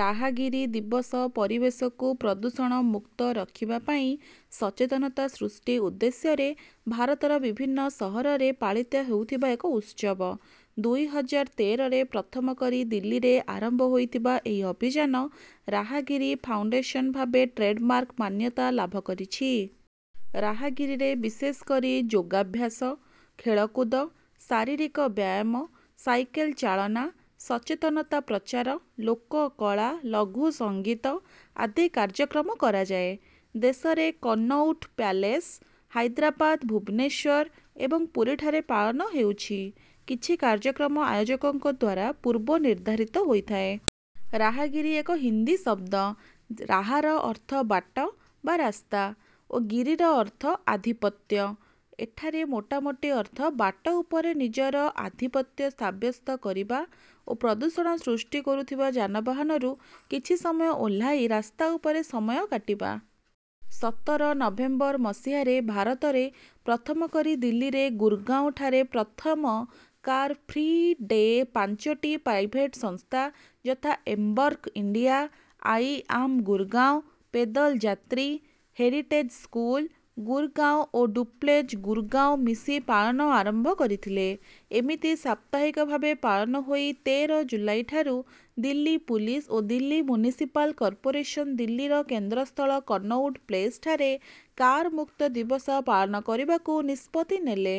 ରାହାଗିରି ଦିବସ ପରିବେଶକୁ ପ୍ରଦୂଷଣମୁକ୍ତ ରଖିବା ପାଇଁ ସଚେତନତା ସୃଷ୍ଟି ଉଦ୍ଦେଶ୍ୟରେ ଭାରତର ବିଭିନ୍ନ ସହରରେ ପାଳିତ ହେଉଥିବା ଏକ ଉତ୍ସବ। ଦୁଇ ହଜାର ତେରରେ ପ୍ରଥମ କରି ଦିଲ୍ଲୀରେ ଆରମ୍ଭ ହୋଇଥିବା ଏହି ଅଭିଯାନ ରାହାଗିରି ଫାଉଣ୍ଡେସନ ଭାବେ ଟ୍ରେଡ଼ମାର୍କ ମାନ୍ୟତା ଲାଭ କରିଛି। ରାହାଗିରିରେ ବିଶେଷ କରି ଯୋଗାଭ୍ୟାସ, ଖେଳକୁଦ, ଶାରୀରିକ ବ୍ୟାୟାମ, ସାଇକେଲ ଚାଳନା, ସଚେତନତା ପ୍ରଚାର, ଲୋକକଳା, ଲଘୁ ସଙ୍ଗୀତ ଆଦି କାର୍ଯ୍ୟକ୍ରମ କରାଯାଏ। ଦେଶରେ କନଉଟ ପ୍ୟାଲେସ୍, ହାଇଦ୍ରାବାଦ, ଭୁବନେଶ୍ୱର ଏବଂ ପୁରୀଠାରେ ପାଳନ ହେଉଛି। କିଛି କାର୍ଯ୍ୟକ୍ରମ ଆୟୋଜକଙ୍କ ଦ୍ୱାରା ପୂର୍ବ ନିର୍ଦ୍ଧାରିତ ହୋଇଥାଏ। ରାହା ଗିରି ଏକ ହିନ୍ଦୀ ଶବ୍ଦ ରାହାର ଅର୍ଥ ବାଟ ବା ରାସ୍ତା ଓ ଗିରିର ଅର୍ଥ ଆଧିପତ୍ୟ। ଏହାର ମୋଟାମୋଟି ଅର୍ଥ ବାଟ ଉପରେ ନିଜର ଆଧିପତ୍ୟ ସାବ୍ୟସ୍ତ କରିବା ଓ ପ୍ରଦୂଷଣ ସୃଷ୍ଟି କରୁଥିବା ଯାନବାହନରୁ କିଛି ସମୟ ଓହ୍ଲାଇ ରାସ୍ତା ଉପରେ ସମୟ କାଟିବା। ସତର ନଭେମ୍ବର ମସିହାରେ ଭାରତରେ ପ୍ରଥମ କରି ଦିଲ୍ଲୀର ଗୁରଗାଁଓଠାରେ ପ୍ରଥମ କାର ଫ୍ରି ଡେ ପାଞ୍ଚଟି ପ୍ରାଇଭେଟ୍ ସଂସ୍ଥା, ଯଥା Embark India, I am Gurgaon, pedal Yatri, heritage school Gurgaon ଓ ଡୁପ୍ଲେଜ ଗୁରଗାଁଓ ମିଶି ପାଳନ ଆରମ୍ଭ କରିଥିଲେ। ଏମିତି ସାପ୍ତାହିକ ଭାବେ ପାଳନ ହୋଇ ତେର ଜୁଲାଇଠାରୁ ଦିଲ୍ଲୀ ପୁଲିସ ଓ ଦିଲ୍ଲୀ ମ୍ୟୁନିସିପାଲ କର୍ପୋରେସନ ଦିଲ୍ଲୀର କେନ୍ଦ୍ରସ୍ଥଳ କନଉଟ ପ୍ଲେସଠାରେ କାରମୁକ୍ତ ଦିବସ ପାଳନ କରିବାକୁ ନିଷ୍ପତ୍ତି ନେଲେ।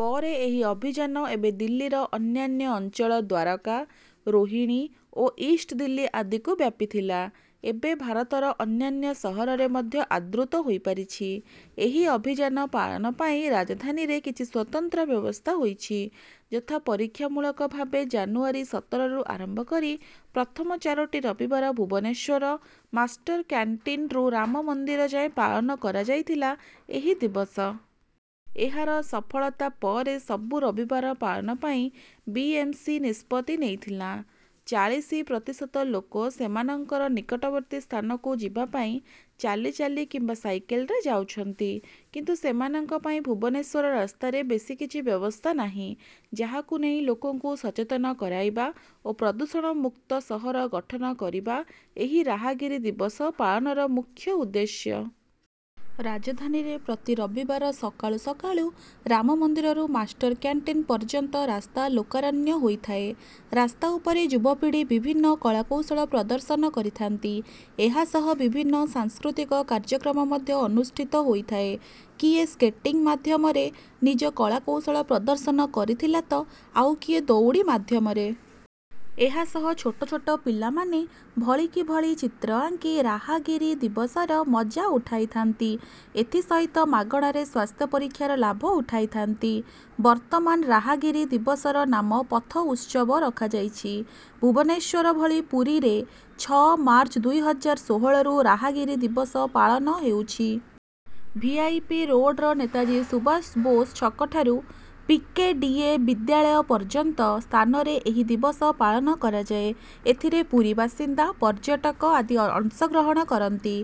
ପରେ ଏହି ଅଭିଯାନ ଏବେ ଦିଲ୍ଲୀର ଅନ୍ୟାନ୍ୟ ଅଞ୍ଚଳ ଦ୍ୱାରକା, ରୋହିଣୀ ଓ ଇଷ୍ଟ ଦିଲ୍ଲୀ ଆଦିକୁ ବ୍ୟାପିଥିଲା। ଏବେ ଭାରତର ଅନ୍ୟାନ୍ୟ ସହରରେ ମଧ୍ୟ ଆଦୃତ ହୋଇପାରିଛି। ଏହି ଅଭିଯାନ ପାଳନ ପାଇଁ ରାଜଧାନୀରେ କିଛି ସ୍ୱତନ୍ତ୍ର ବ୍ୟବସ୍ଥା ହୋଇଛି ଯଥା ପରୀକ୍ଷାମୂଳକ ଭାବେ ଜାନୁଆରୀ ସତରରୁ ଆରମ୍ଭ କରି ପ୍ରଥମ ଚାରୋଟି ରବିବାର ଭୁବନେଶ୍ୱର ମାଷ୍ଟରକ୍ୟାଣ୍ଟିନରୁ ରାମ ମନ୍ଦିର ଯାଏଁ ପାଳନ କରାଯାଇଥିଲା ଏହି ଦିବସ। ଏହାର ସଫଳତା ପରେ ସବୁ ରବିବାର ପାଳନ ପାଇଁ ବିଏମସି ନିଷ୍ପତ୍ତି ନେଇଥିଲା। ଚାଳିଶି ପ୍ରତିଶତ ଲୋକ ସେମାନଙ୍କର ନିକଟବର୍ତ୍ତୀ ସ୍ଥାନକୁ ଯିବା ପାଇଁ ଚାଲିଚାଲି କିମ୍ବା ସାଇକେଲରେ ଯାଉଛନ୍ତି। କିନ୍ତୁ ସେମାନଙ୍କ ପାଇଁ ଭୁବନେଶ୍ୱର ରାସ୍ତାରେ ବେଶୀ କିଛି ବ୍ୟବସ୍ଥା ନାହିଁ। ଯାହାକୁ ନେଇ ଲୋକଙ୍କୁ ସଚେତନ କରାଇବା ଓ ପ୍ରଦୂଷଣମୁକ୍ତ ସହର ଗଠନ କରିବା ଏହି ରାହାଗିରି ଦିବସ ପାଳନର ମୁଖ୍ୟ ଉଦ୍ଦେଶ୍ୟ। ରାଜଧାନୀରେ ପ୍ରତି ରବିବାର ସକାଳୁ ସକାଳୁ ରାମମନ୍ଦିରରୁ ମାଷ୍ଟରକ୍ୟାଣ୍ଟିନ ପର୍ଯ୍ୟନ୍ତ ରାସ୍ତା ଲୋକାରଣ୍ୟ ହୋଇଥାଏ। ରାସ୍ତା ଉପରେ ଯୁବପିଢ଼ି ବିଭିନ୍ନ କଳାକୌଶଳ ପ୍ରଦର୍ଶନ କରିଥାନ୍ତି। ଏହାସହ ବିଭିନ୍ନ ସାଂସ୍କୃତିକ କାର୍ଯ୍ୟକ୍ରମ ମଧ୍ୟ ଅନୁଷ୍ଠିତ ହୋଇଥାଏ। କିଏ ସ୍କେଟିଂ ମାଧ୍ୟମରେ ନିଜ କଳାକୌଶଳ ପ୍ରଦର୍ଶନ କରିଥିଲା ତ ଆଉ କିଏ ଦଉଡ଼ି ମାଧ୍ୟମରେ। ଏହାସହ ଛୋଟ ଛୋଟ ପିଲାମାନେ ଭଳିକି ଭଳି ଚିତ୍ର ଆଙ୍କି ରାହାଗିରି ଦିବସର ମଜା ଉଠାଇଥାନ୍ତି। ଏଥି ସହିତ ମାଗଣାରେ ସ୍ୱାସ୍ଥ୍ୟ ପରୀକ୍ଷାର ଲାଭ ଉଠାଇଥାନ୍ତି। ବର୍ତ୍ତମାନ ରାହାଗିରି ଦିବସର ନାମ ପଥ ଉତ୍ସବ ରଖାଯାଇଛି। ଭୁବନେଶ୍ୱର ଭଳି ପୁରୀରେ ଛଅ ମାର୍ଚ୍ଚ ଦୁଇ ହଜାର ଷୋହଳରୁ ରାହାଗିରି ଦିବସ ପାଳନ ହେଉଛି। ଭିଆଇପି ରୋଡ଼ର ନେତାଜୀ ସୁବାଷ ବୋଷ ଛକଠାରୁ ପିକେଡିଏ କାର୍ଯ୍ୟାଳୟ ପର୍ଯ୍ୟନ୍ତ ସ୍ଥାନରେ ଏହି ଦିବସ ପାଳନ କରାଯାଏ। ଏଥିରେ ପୁରୀ ବାସିନ୍ଦା, ପର୍ଯ୍ୟଟକ ଆଦି ଅଂଶଗ୍ରହଣ କରନ୍ତି।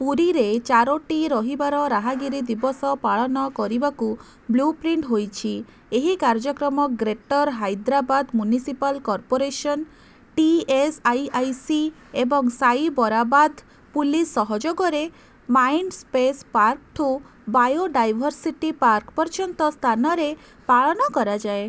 ପୁରୀରେ ଚାରୋଟି ରବିବାର ରାହାଗିରି ଦିବସ ପାଳନ କରିବାକୁ ବ୍ଲୁପ୍ରିଣ୍ଟ ହୋଇଛି। ଏହି କାର୍ଯ୍ୟକ୍ରମ greater Hyderabad municipal corporation, TSIIC ଏବଂ ସାଇବରାବାଦ ପୁଲିସ ସହଯୋଗରେ ମାଇଣ୍ଡସ୍ପେଶ ପାର୍କଠୁ ବାୟୋଡାଇଭରସିଟି ପାର୍କ ପର୍ଯ୍ୟନ୍ତ ସ୍ଥାନରେ ପାଳନ କରାଯାଏ।